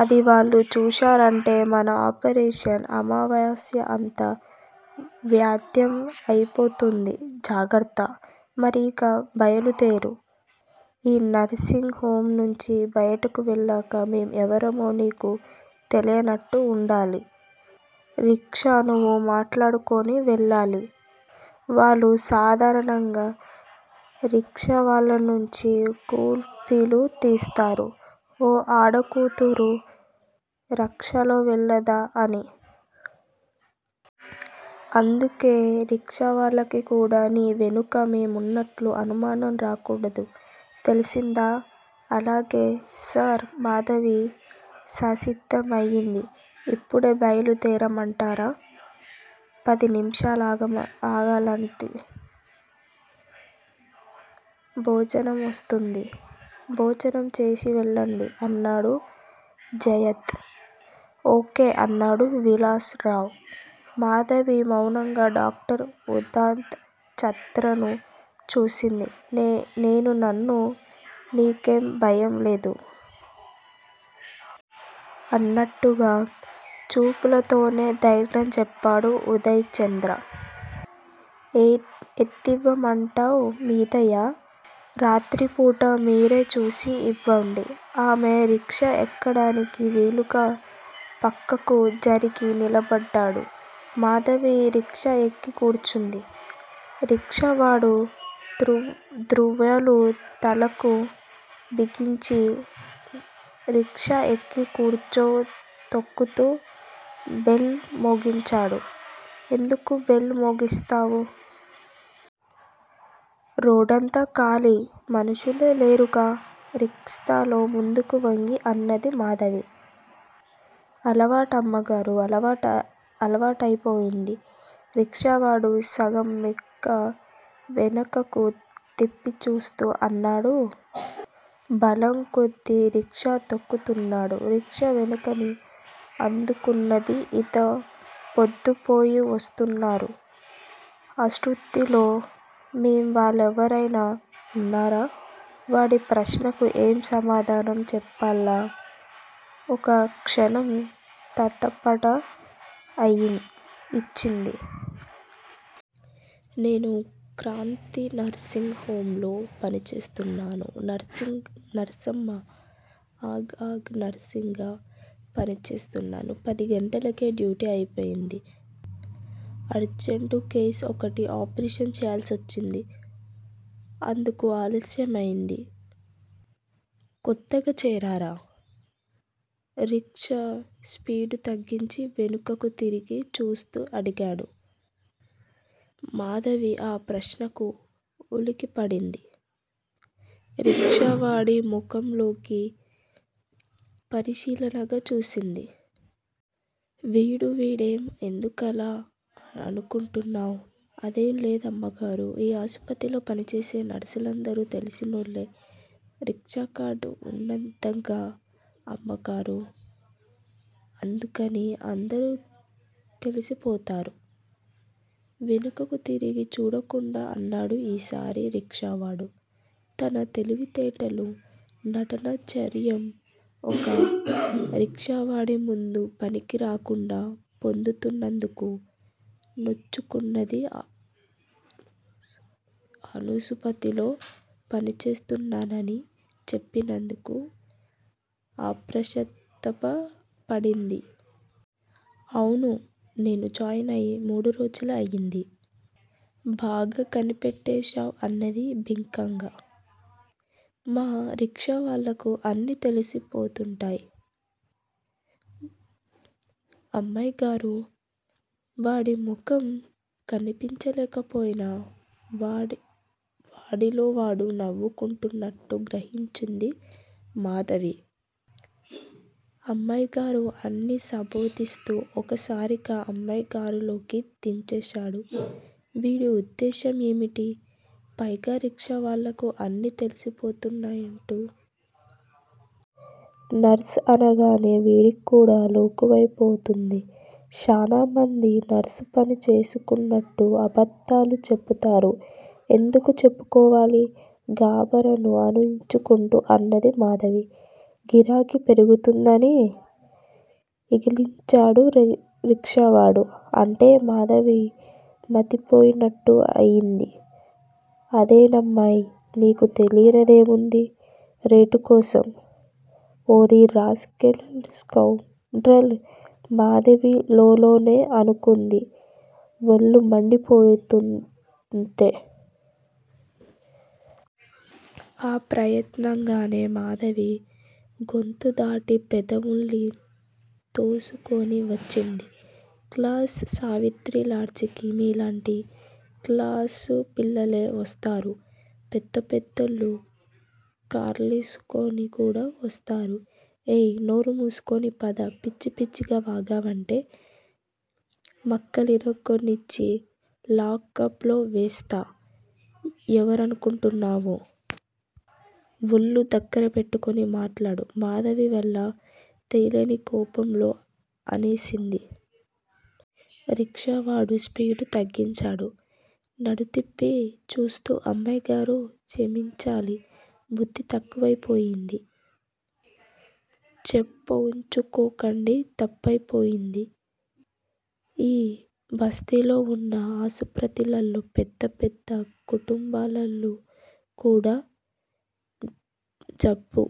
అది వాళ్ళు చూశారంటే మన ఆపరేషన్ అమావాస్య అంతా వ్యర్థం అయిపోతుంది. జాగ్రత్త! మరి ఇక బయలుదేరు. ఈ నర్సింగ్ హొమ్ నుంచి బయటకు వెళ్ళాక మేమెవరమో నీకు తెలియనట్టే వుండాలి. రిక్షా నువ్వే మాట్లాడుకొని వెళ్ళాలి. వాళ్ళు సాధారణంగా రిక్షావాళ్ళనుంచి కూపీలు తీస్తారు. 'ఓ ఆడకూతురు రిక్షాలోవెళ్ళిందా' అని. అందుకే రిక్షావాళ్ళకుకూడా నీ వెనుక మేమున్నట్టు అనుమానం రాకూడదు తెలిసిందా? అలాగే సార్! మాధవి సంసిద్ధమైంది. ఇప్పుడే బయలుదేరమంటారా? పదినిముషాలాగండి. భోజనంవస్తుంది. భోజనం చేసివెళ్ళండి అన్నాడు జయంత్. ఓ. కే. అన్నాడు విల్సన్ రావు. మాధవి మౌనంగా డాక్టర్ ఉదయ్ చంద్రను చూసింది. 'నేనున్నాను. నీకేం భయంలేదు. ' అన్నట్టుగా చూపులతోనే ధైర్యం చెప్పాడు ఉదయ్ చంద్ర. ఎంతివ్వమంటావ్? మీదయ. రాత్రిపూట మీరేచూసి ఇవ్వండి. ఆమె రిక్షా ఎక్కడానికి వీలుగా పక్కకు జరిగి నిలబడ్డాడు. మాధవి రిక్షా ఎక్కి కూర్చుంది. రిక్షావాడు తువ్వాలు తలకు బిగించి, రిక్షాఎక్కి కూర్చునితొక్కుతూ బెల్ మోగించాడు. ఎందుకు బెల్ మోగిస్తావ్? రోడ్డంతా ఖాళీ. మనుషులే లేరుగా? రిస్ఖాలో ముందుకు వంగి అన్నది మాధవి. అలవాటమ్మగారూ! అలవాటయిపోయింది. రిక్షావాడు సగం మెడ వెనక్కు తిప్పిచూస్తూ అన్నాడు. బలంకొద్దీ రిక్షా తొక్కుతున్నాడు. రిక్షా వేగాన్ని అందుకున్నది. ఇంత పొద్దుపోయి వస్తున్నారు. ఆస్పత్రిలో మీవాళ్ళెవరైనా ఉన్నారా? వాడి ప్రశ్నకు ఏం సమాధానం చెప్పాలా ఒక్కక్షణం తటపటా యించింది. నేను క్రాంతి నర్సింగ్ హొమ్ లో పనిచేస్తున్నాను. నర్సమ్మా? ఆఁ ఆఁ! నర్సుగా పనిచేస్తున్నాను. పదిగంటలకే డ్యూటీ అయిపోయింది. అర్జంటు కేసోకటి ఆపరేషన్ చెయ్యాల్సివచ్చింది. అందుకు ఆలస్యమైంది. కొత్తగా చేరారా? రిక్షా స్పీడుతగ్గించి వెనక్కు తిరిగి చూస్తూ అడిగాడు. మాధవి ఆ ప్రశ్నకు ఉలిక్కిపడింది. రిక్షావాడి ముఖంలోకి పరిశీలనగా చూసింది. వీడు వీడు ఏం ఎందుకలా అనుకుంటున్నావ్? ఆఁ ఏం లేదమ్మగారూ! ఈ ఆస్పత్రిలో పనిచేసే నర్సమ్మ లందరూ తెలిసినోళ్ళే రిక్షాకడ్తూ వుంటాంగదా అమ్మగారూ! అందుకని అందరూ తెలిసిపోతారు. వెనక్కు తిరిగి చూడకుండా అన్నాడు ఈ సారి రిక్షావాడు. తన తెలివితేటలు, నటనాచాతుర్యం, ఓక రిక్షావాడిముందు పనికి రాకుండా పోతున్నందుకు నొచ్చుకున్నది ఆసుపత్రిలో పనిచేస్తున్నానని చెప్పినందుకు పశ్చాత్తాప పడింది. అవును. నేను జాయిన్ అయి మూడురోజులే అయింది. బాగా కనిపెట్టాశావ్ అన్నది బింకంగా. మా రిక్షావాళ్ళకు అన్నీ తెలిసిపోతుంటాయ్. అమ్మాయిగారూ? వాడి ముఖం కన్పించకపోయినా, వాడిలోవాడు నవ్వుకుంటున్నట్టు గ్రహించింది మాధవి. అమ్మగారూ అని సంబోధిస్తూ ఒక్కసారిగా అమ్మాయిగారూలోకి దించేశాడు. వీడి ఉద్దేశ్యం ఏమిటి? పైగా రిక్షావాళ్ళకు అన్నీ తెలిసిపోతుంటాయంటున్నాడు? నర్సు అనగానే వేడికికూడా లోకువైపోయినట్టుంది. శానామంది నర్సుపని చేస్తున్నానంటూ అబద్దాలు చెపుతుంటారు ఎందుకూ చెప్పుకోవాలీ? గాభరాను అణుచుకుంటూ అన్నది మాధవి. గిరాకీ పెరుగుద్దనీ? ఇకిలించాడు రిక్షావాడు. అంటే? మాధవికి మతిపోయినట్టు అయింది. అదేనమ్మాయ్! నీకు తెలియందేముంది? రేటుకోసం. ఓరి! రాస్కెల్! స్కౌండ్రల్! మాధవి లోలోనే అనుకుంది వళ్ళుమండిపోతూంటే. అప్రయత్నంగానే మాధవి గొంతుదాటి పెదవుల్ని తోసుకొని వచ్చింది! క్లాసు, సావిత్రిలాడ్జికి మీలాంటి క్లాసు పిల్లలే వస్తారు. పెద్దపెద్దోళ్ళు కార్లేసుకొని కూడా వస్తారు. ఏయ్ నోరుమూసుకుని పద. పిచ్చి పిచ్చిగా వాగావంటే మక్కెలిరగతన్నించి లాకప్ లో వేయిస్తా! ఎవరనుకొంటున్నావో. వళ్ళు దగ్గర పెట్టుకొని మాట్లాడు. మాధవి వళ్ళు తెలియని కోపంలో అనేసింది. రిక్షావాడు స్పీడు తగ్గించాడు. నడుంతిప్పి చూస్తూ అమ్మగారూ! చమించాలి బుద్ది తక్కువైపోయింది. చెప్పుచ్చుక్కొట్టండి తప్పయిపోయింది. ఈ బస్తీలో వున్న ఆస్పత్రిల్లో పెద్దపెద్ద కుంటుబాలోళ్ళు కూడా జబ్బు